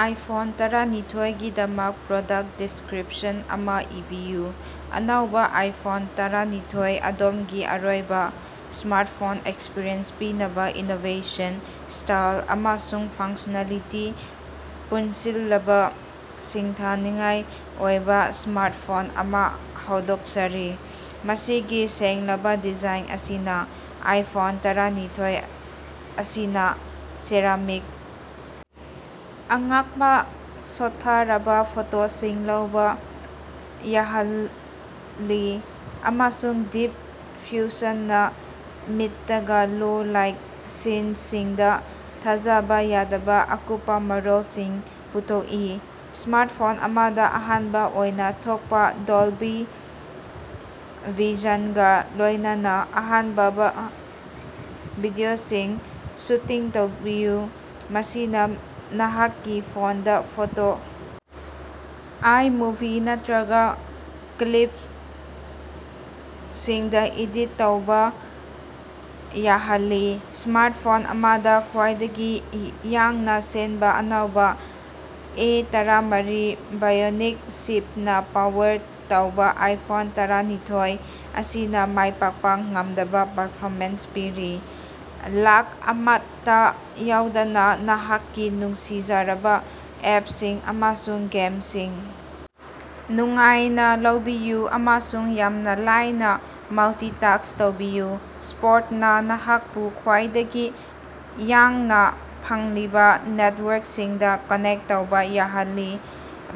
IPhone ꯇꯔꯥꯅꯤꯊꫭꯏꯒꯤ ꯗꯃꯛ product description ꯑꯃ ꯏꯕꯤꯌꯨ꯫ ꯑꯅꯧꯕ ꯑꯥꯏꯐꯣꯟ ꯇꯔꯥꯅꯤꯊꫭꯏ- ꯑꯗꯣꯝꯒꯤ ꯑꯔꯣꯏꯕ ꯁ꯭ꯃꯥꯔꯠꯐꯣꯟ ꯑꯦꯛꯁꯄꯤꯔꯤꯌꯦꯟꯁ ꯄꯤꯅꯕ ꯏꯅꯣꯕꯦꯁꯟ, ꯁ꯭ꯇꯥꯏꯜ, ꯑꯃꯁꯨꯡ ꯐꯪꯁꯅꯦꯂꯤꯇꯤ ꯄꯨꯟꯁꯤꯜꯂꯕ ꯁꯤꯡꯊꯥꯅꯤꯡꯉꯥꯏ ꯑꯣꯏꯕ ꯁ꯭ꯃꯥꯔꯠꯐꯣꯟ ꯑꯃ ꯍꯧꯗꯣꯛꯆꯔꯤ꯫ ꯃꯁꯤꯒꯤ ꯁꯦꯡꯂꯕ ꯗꯤꯖꯥꯏꯟ ꯑꯁꯤꯅ ꯑꯥꯏꯐꯣꯟ ꯇꯔꯥꯅꯤꯊꫭꯏ ꯑꯁꯤꯅꯥ ꯁꯦꯔꯥꯃꯤꯛ ꯑꯉꯛꯄ ꯁꯣꯠꯊꯔꯕ ꯐꯣꯇꯣꯁꯤꯡ ꯂꯧꯕ ꯌꯥꯍꯜꯂꯤ, ꯑꯃꯁꯨꯡ ꯗꯤꯞ ꯐ꯭ꯌꯨꯖꯟꯅ ꯃꯤꯗꯇꯒꯥ ꯂꯣ ꯂꯥꯏꯠ ꯁꯤꯟꯁꯤꯡꯗ ꯊꯥꯖꯕ ꯌꯥꯗꯕ ꯑꯀꯨꯞꯄ ꯃꯔꯣꯜꯁꯤꯡ ꯄꯨꯊꯣꯛꯏ꯫ ꯁ꯭ꯃꯥꯔꯠꯐꯣꯟ ꯑꯃꯗ ꯑꯍꯥꯟꯕ ꯑꯣꯏꯅ ꯊꯣꯛꯄ ꯗꯣꯜꯕꯤ ꯚꯤꯖꯟꯒ ꯂꯣꯏꯅꯅ ꯑꯍꯥꯟꯕꯕꯥ ꯚꯤꯗꯤꯑꯣꯁꯤꯡ ꯁꯨꯇꯤꯡ ꯇꯧꯕꯤꯌꯨ, ꯃꯁꯤꯅ ꯅꯍꯥꯛꯀꯤ ꯐꯣꯟꯗꯥ ꯐꯣꯇꯣ, ꯑꯥꯏꯃꯨꯚꯤ, ꯅꯠꯇ꯭ꯔꯒ ꯀ꯭ꯂꯤꯞꯁꯤꯡꯗ ꯏꯗꯤꯠ ꯇꯧꯕꯥ ꯌꯥꯍꯜꯂꯤ꯫ ꯁ꯭ꯃꯥꯔꯠꯐꯣꯟ ꯑꯃꯗ ꯈ꯭ꯋꯥꯏꯗꯒꯤ ꯌꯥꯡꯅ ꯆꯦꯟꯕ ꯑꯅꯧꯕ ꯑꯦ ꯇꯔꯥꯃꯔꯤ ꯕꯥꯏꯑꯣꯅꯤꯛ ꯆꯤꯞꯅ ꯄꯋꯔ ꯇꯧꯕ ꯑꯥꯏꯐꯣꯟ ꯇꯔꯥꯅꯤꯊꫭꯏ ꯑꯁꯤꯅ ꯃꯥꯏꯄꯥꯛꯄ ꯉꯝꯗꯕꯥ ꯄꯔꯐꯣꯃꯦꯟꯁ ꯄꯤꯔꯤ꯫ ꯂꯦꯒ ꯑꯃꯠꯇꯥ ꯌꯥꯎꯗꯅ ꯅꯍꯥꯛꯀꯤ ꯅꯨꯡꯁꯤꯖꯔꯕ ꯑꯦꯞꯁꯤꯡ ꯑꯃꯁꯨꯡ ꯒꯦꯝꯁꯤꯡ ꯅꯨꯡꯉꯥꯏꯅ ꯂꯧꯕꯤꯌꯨ, ꯑꯃꯁꯨꯡ ꯌꯥꯝꯅ ꯂꯥꯏꯅ ꯃꯜꯇꯤꯇꯥꯛꯁ ꯇꯧꯕꯤꯌꯨ꯫ ꯁꯄꯣꯔꯠꯅ ꯅꯍꯥꯛꯄꯨ ꯈ꯭ꯋꯥꯏꯗꯒꯤ ꯌꯥꯡꯅ ꯐꯪꯂꯤꯕ ꯅꯦꯠꯋꯥꯔꯛꯁꯤꯡꯗ ꯀꯅꯦꯛ ꯇꯧꯕ ꯌꯥꯍꯜꯂꯤ,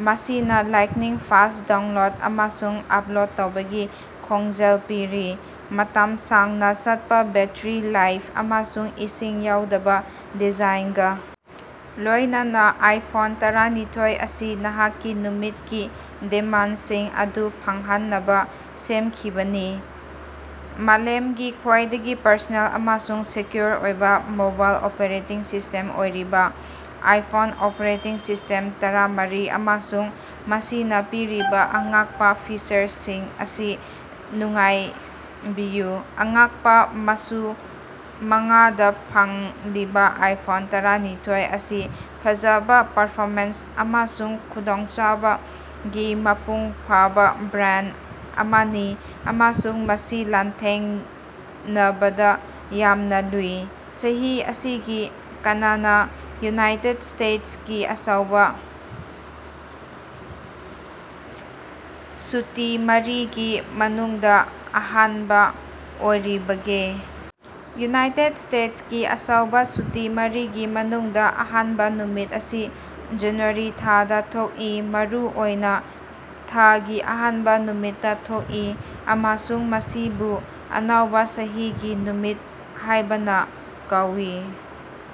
ꯃꯁꯤꯅ ꯂꯥꯏꯠꯅꯤꯡ-ꯐꯥꯁ ꯗꯥꯎꯟꯂꯣꯗ ꯑꯃꯁꯨꯡ ꯑꯞꯂꯣꯗ ꯇꯧꯕꯒꯤ ꯈꯣꯡꯖꯦꯜ ꯄꯤꯔꯤ꯫ ꯃꯇꯝ ꯁꯥꯡꯅ ꯆꯠꯄ ꯕꯦꯠꯇꯔꯤ ꯂꯥꯏꯐ ꯑꯃꯁꯨꯡ ꯏꯁꯤꯡ ꯌꯥꯎꯗꯕ ꯗꯤꯖꯥꯏꯟꯒꯥ ꯂꯣꯏꯅꯅ ꯑꯥꯏꯐꯣꯟ ꯇꯔꯥꯅꯤꯊꫭꯏ ꯑꯁꯤ ꯅꯍꯥꯛꯀꯤ ꯅꯨꯃꯤꯠꯀꯤ ꯗꯤꯃꯥꯟꯗꯁꯤꯡ ꯑꯗꯨ ꯐꯪꯍꯟꯅꯕ ꯁꯦꯝꯈꯤꯕꯅꯤ꯫ ꯃꯥꯂꯦꯝꯒꯤ ꯈ꯭ꯋꯥꯏꯗꯒꯤ ꯄꯔꯁꯣꯅꯦꯜ ꯑꯃꯁꯨꯡ ꯁꯦꯀ꯭ꯌꫭꯔ ꯑꯣꯏꯕꯥ ꯃꯣꯕꯥꯏꯜ ꯑꯣꯄꯔꯦꯇꯤꯡ ꯁꯤꯁꯇꯦꯝ ꯑꯣꯏꯔꯤꯕ ꯑꯥꯏꯐꫭꯟ ꯑꫭꯄꯔꯦꯇꯤꯡ ꯁꯤꯁꯇꯦꯝ ꯇꯔꯥꯃꯔꯤ ꯑꯃꯁꯨꯡ ꯃꯁꯤꯅ ꯄꯤꯔꯤꯕꯥ ꯑꯉꯛꯄ ꯐꯤꯆꯔꯁꯤꯡ ꯑꯁꯤ ꯅꯨꯡꯉꯥꯏꯕꯤꯌꯨ꯫ ꯑꯉꯛꯄꯥ ꯃꯆꯨ ꯃꯉꯥꯗ ꯐꯪꯂꯤꯕꯥ ꯑꯥꯏꯐꯣꯟ ꯇꯔꯥꯅꯤꯊꫭꯏ ꯑꯁꯤ ꯐꯖꯕ, ꯄꯔꯐꯣꯃꯦꯟꯁ ꯑꯃꯁꯨꯡ ꯈꯨꯗꯣꯡꯆꯥꯕꯒꯤ ꯃꯄꯨꯡ ꯐꯥꯕꯥ ꯕ꯭ꯂꯦꯟꯗ ꯑꯃꯅꯤ ꯑꯃꯁꯨꯡ ꯃꯁꯤ ꯂꯥꯟꯊꯦꯡꯅꯕꯗ ꯌꯥꯝꯅ ꯂꯨꯏ꯫ ꯆꯍꯤ ꯑꯁꯤꯒꯤ ꯀꯅꯥꯅ ꯌꯨꯅꯥꯏꯇꯦꯠ ꯁ꯭ꯇꯦꯠꯀꯤ ꯑꯆꯧꯕ ꯁꯨꯇꯤ ꯃꯔꯤꯒꯤ ꯃꯅꯨꯡꯗꯥ ꯑꯍꯥꯟꯕꯥ ꯑꯣꯏꯔꯤꯕꯒꯦ? ꯌꯨꯅꯥꯏꯇꯦꯠ ꯁ꯭ꯇꯦꯠꯀꯤ ꯑꯆꯧꯕꯥ ꯁꯨꯇꯤ ꯃꯔꯤꯒꯤ ꯃꯅꯨꯡꯗ ꯑꯍꯥꯟꯕ ꯅꯨꯃꯤꯠ ꯑꯁꯤ ꯖꯅꯨꯋꯥꯔꯤ ꯊꯥꯗ ꯊꯣꯛꯏ, ꯃꯔꯨꯑꯣꯏꯅ ꯊꯥꯒꯤ ꯑꯍꯥꯟꯕ ꯅꯨꯃꯤꯠꯇꯥ ꯊꯣꯛꯏ ꯑꯃꯁꯨꯡ ꯃꯁꯤꯕꯨ ꯑꯅꯧꯕ ꯆꯍꯤꯒꯤ ꯅꯨꯃꯤꯠ ꯍꯥꯏꯕꯅ ꯀꯧꯏ꯫